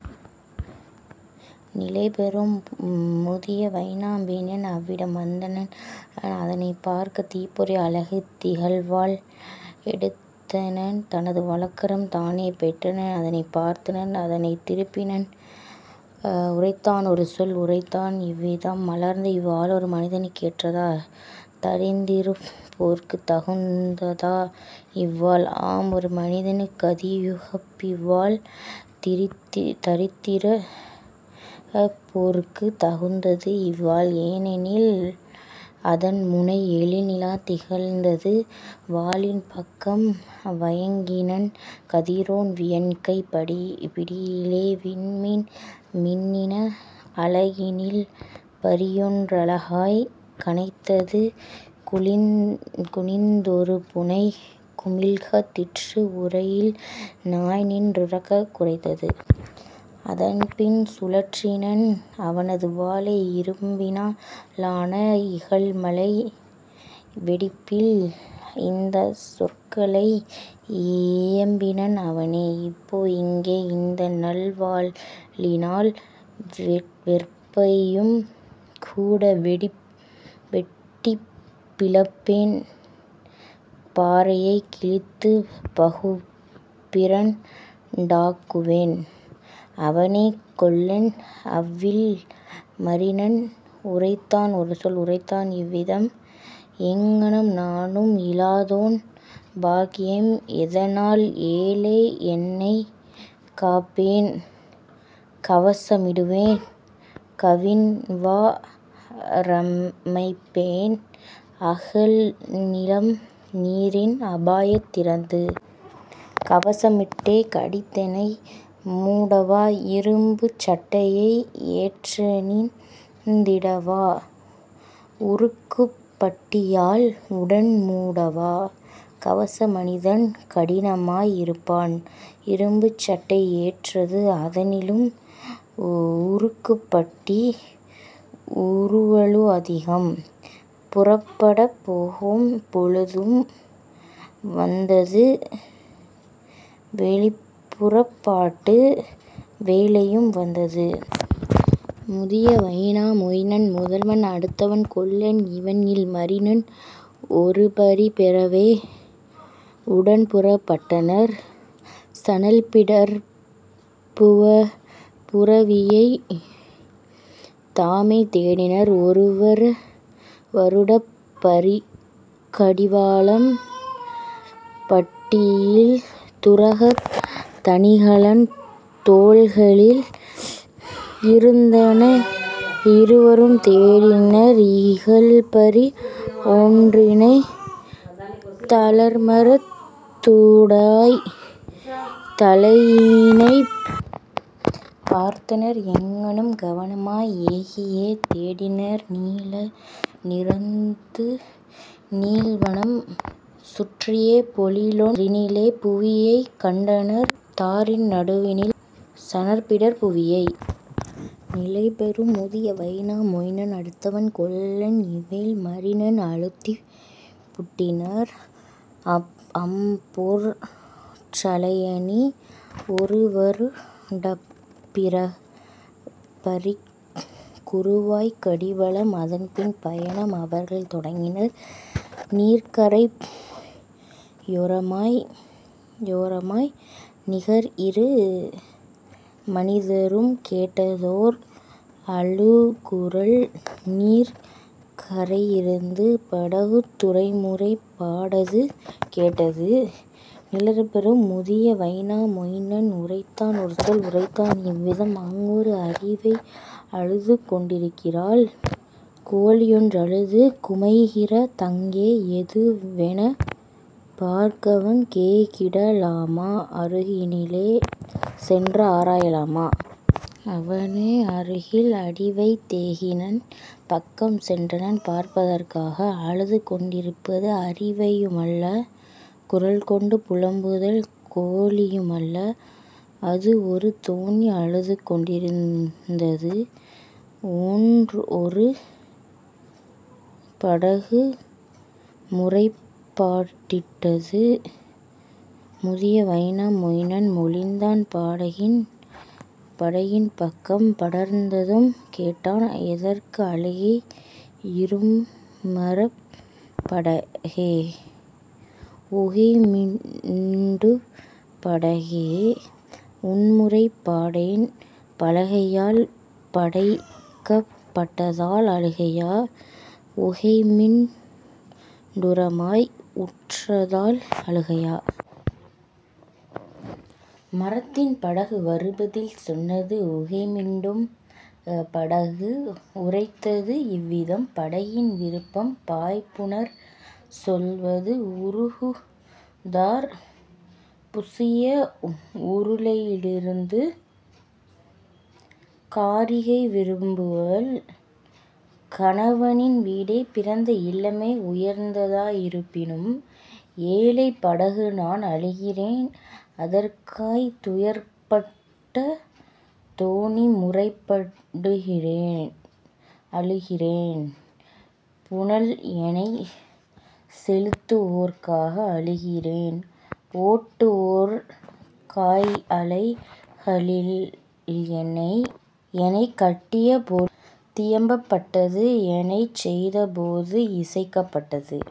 நிலைபெறும் முதிய வைனா மொயினன்। அவ்விடம் வந்தனன் அதனைப் பார்க்க தீப்பொறி அலகு திகழ்வாள் எடுத்தனன் தனது வலக்கரம் தானே பெற்றனன் அதனைப் பார்த்தனன் அதனைத் திருப்பினன் உரைத்தான் ஒருசொல் உரைத்தான் இவ்விதம்: "மலர்ந்தஇவ் வாளொரு மனிதனுக் கேற்றதா தரித்திருப் போற்குத் தகுந்ததா இவ்வாள்? " ஆம், ஒரு மனிதனுக் கதியுகப் பிவ்வாள் தரித்திரிப் போற்குத் தகுந்தது இவ்வாள் ஏனெனில் அதன்முனை எழில்நிலாத் திகழ்ந்தது வாளின் பக்கம் வயங்கினன் கதிரோன் வியன்கைப் பிடியிலே விண்மீன் மின்னின அலகினில் பரியொன் றழகாய்க் கனைத்தது குனிந் தொருபுனை குமிழ்கத் திற்று உறையில் நாய்நின் றுரக்கக் குரைத்தது. அதன்பின் சுழற்றினன் அவனது வாளை இரும்பினா லான இகல்மலை வெடிப்பில் இந்தச் சொற்களில் இயம்பினன் அவனே: "இப்போ இங்கே இந்தநல் வாளினால் வெற்பையும் கூட வெட்டிப் பிளப்பேன் பாறையைக் கிழித்துப் பகுப்பிரண் டாக்குவேன். " அவனே கொல்லன் அவ்வில் மரினன் உரைத்தான் ஒருசொல் உரைத்தான் இவ்விதம்: "எங்ஙனம் நானும் இலாதோன் பாக்கியம் எதனால் ஏழை என்னைக் காப்பேன் கவச மிடுவேன் கவின்வா ரமைப்பேன் அகல்நிலம் நீரின் அபாயத் திருந்து? கவச மிட்டே கடிதெனை மூடவா இரும்புச் சட்டையை ஏற்றணிந் திடவா உருக்குப் பட்டியால் உடன்மூ டிடவா? கவச மனிதன் கடினமாய் இருப்பான் இரும்புச் சட்டை ஏற்றது அதனிலும் உருக்குப் பட்டி உறுவலு அதிகம். " புறப்படப் போகும் பொழுதும் வந்தது வெளிப்புறப் பாட்டு வேளையும் வந்தது முதிய வைனா மொயினன் முதல்வன் அடுத்தவன் கொல்லன் அவன்இல் மரினன் ஒருபரி பெறவே உடன்புறப் பட்டனர் சணல்பிடர்ப் புரவியைத் தாமே தேடினர் ஒருவரு டப்பரிக் கடிவளம் பட்டியில் துரகத் தணிகலன் தோள்களில் இருந்தன இருவரும் தேடினர் இகல்பரி ஒன்றினை தளிர்மரத் தூடாய்த் தலையினைப் பார்த்தனர் எங்ஙணும் கவனமாய் ஏகியே தேடினர் நீல நிறத்து நீள்வனம் சுற்றியே; பொழிலொன் றினிலே புரவியைக் கண்டனர் தாருவின் நடுவினில் சணற்பிடர்ப் புரவியை. நிலைபெறும் முதிய வைனா மொயினன் அடுத்தவன் கொல்லன் அவ்வில் மரினன் அழுத்திப் புட்டினர் அம்பொற் றலையணி ஒருவரு டப்பரிக் குறுவாய்க் கடிவளம் அதன்பின் பயணம் அவர்கள் தொடங்கினர் நீர்க்கரை யோரமாய் நிகர்இரு மனிதரும் கேட்டதோர் அழுகுரல் நீர்க் கரையிருந்து படகுத் துறைமுறைப் பாடது கேட்டது. நிலைபெறும் முதிய வைனா மொயினன் உரைத்தான் ஒருசொல் உரைத்தான் இவ்விதம்: "அங்கொரு அரிவை அழுதுகொண் டிருக்கிறாள் கோழியொன் றழுது குமைகிற தங்கே எதுவெனப் பார்க்கவங் கேகிட லாமா அருகிலே சென்று ஆராய லாமா? " அவனே அருகில் அடிவைத் தேகினன் பக்கம் சென்றனன் பார்ப்பதற் காக; அழுதுகொண் டிருப்பது அரிவையு மல்ல குரல்கொடு புலம்புதல் கோழியு மல்ல; அதுஒரு தோணி அழுதுகொண் டிருந்தது முன்ஒரு படகு முறைப்பா டிட்டது. முதிய வைனா மொயினன் மொழிந்தான் படகின் பக்கம் படர்ந்ததும் கேட்டான்: "எதற்கு அழுகை இரும்மரப் படகே உகைமிண்டுப் படகே உன்முறைப் பாடேன் பலகையால் படைக்கப் பட்டதால் அழுகையா உகைமிண் டுரமாய் உற்றதால் அழுகையா? " மரத்தின் படகு வருபதில் சொன்னது உகைமிண்டுப் படகு உரைத்தது இவ்விதம்: "படகின் விருப்பம் பாய்புனற் செல்வது உருகு தார் புசிய உருளையி லிருந்து காரிகை விரும்புவள் கணவனின் வீடே பிறந்த இல்லமே உயர்ந்ததா யிருப்பினும்; ஏழைப் படகுநான் அழுகிறேன் அதற்காய் துயர்ப்பட்ட தோணி முறைப்படு கின்றேன் அழுகிறேன் புனல்எனைச் செலுத்துவோற் காக அழுகிறேன் ஓட்டுவோற் காய்அலை களில்எனை. எனைக்கட் டியபொழு தியம்பப் பட்டது எனைச்செய்த போது இசைக்கப் பட்டது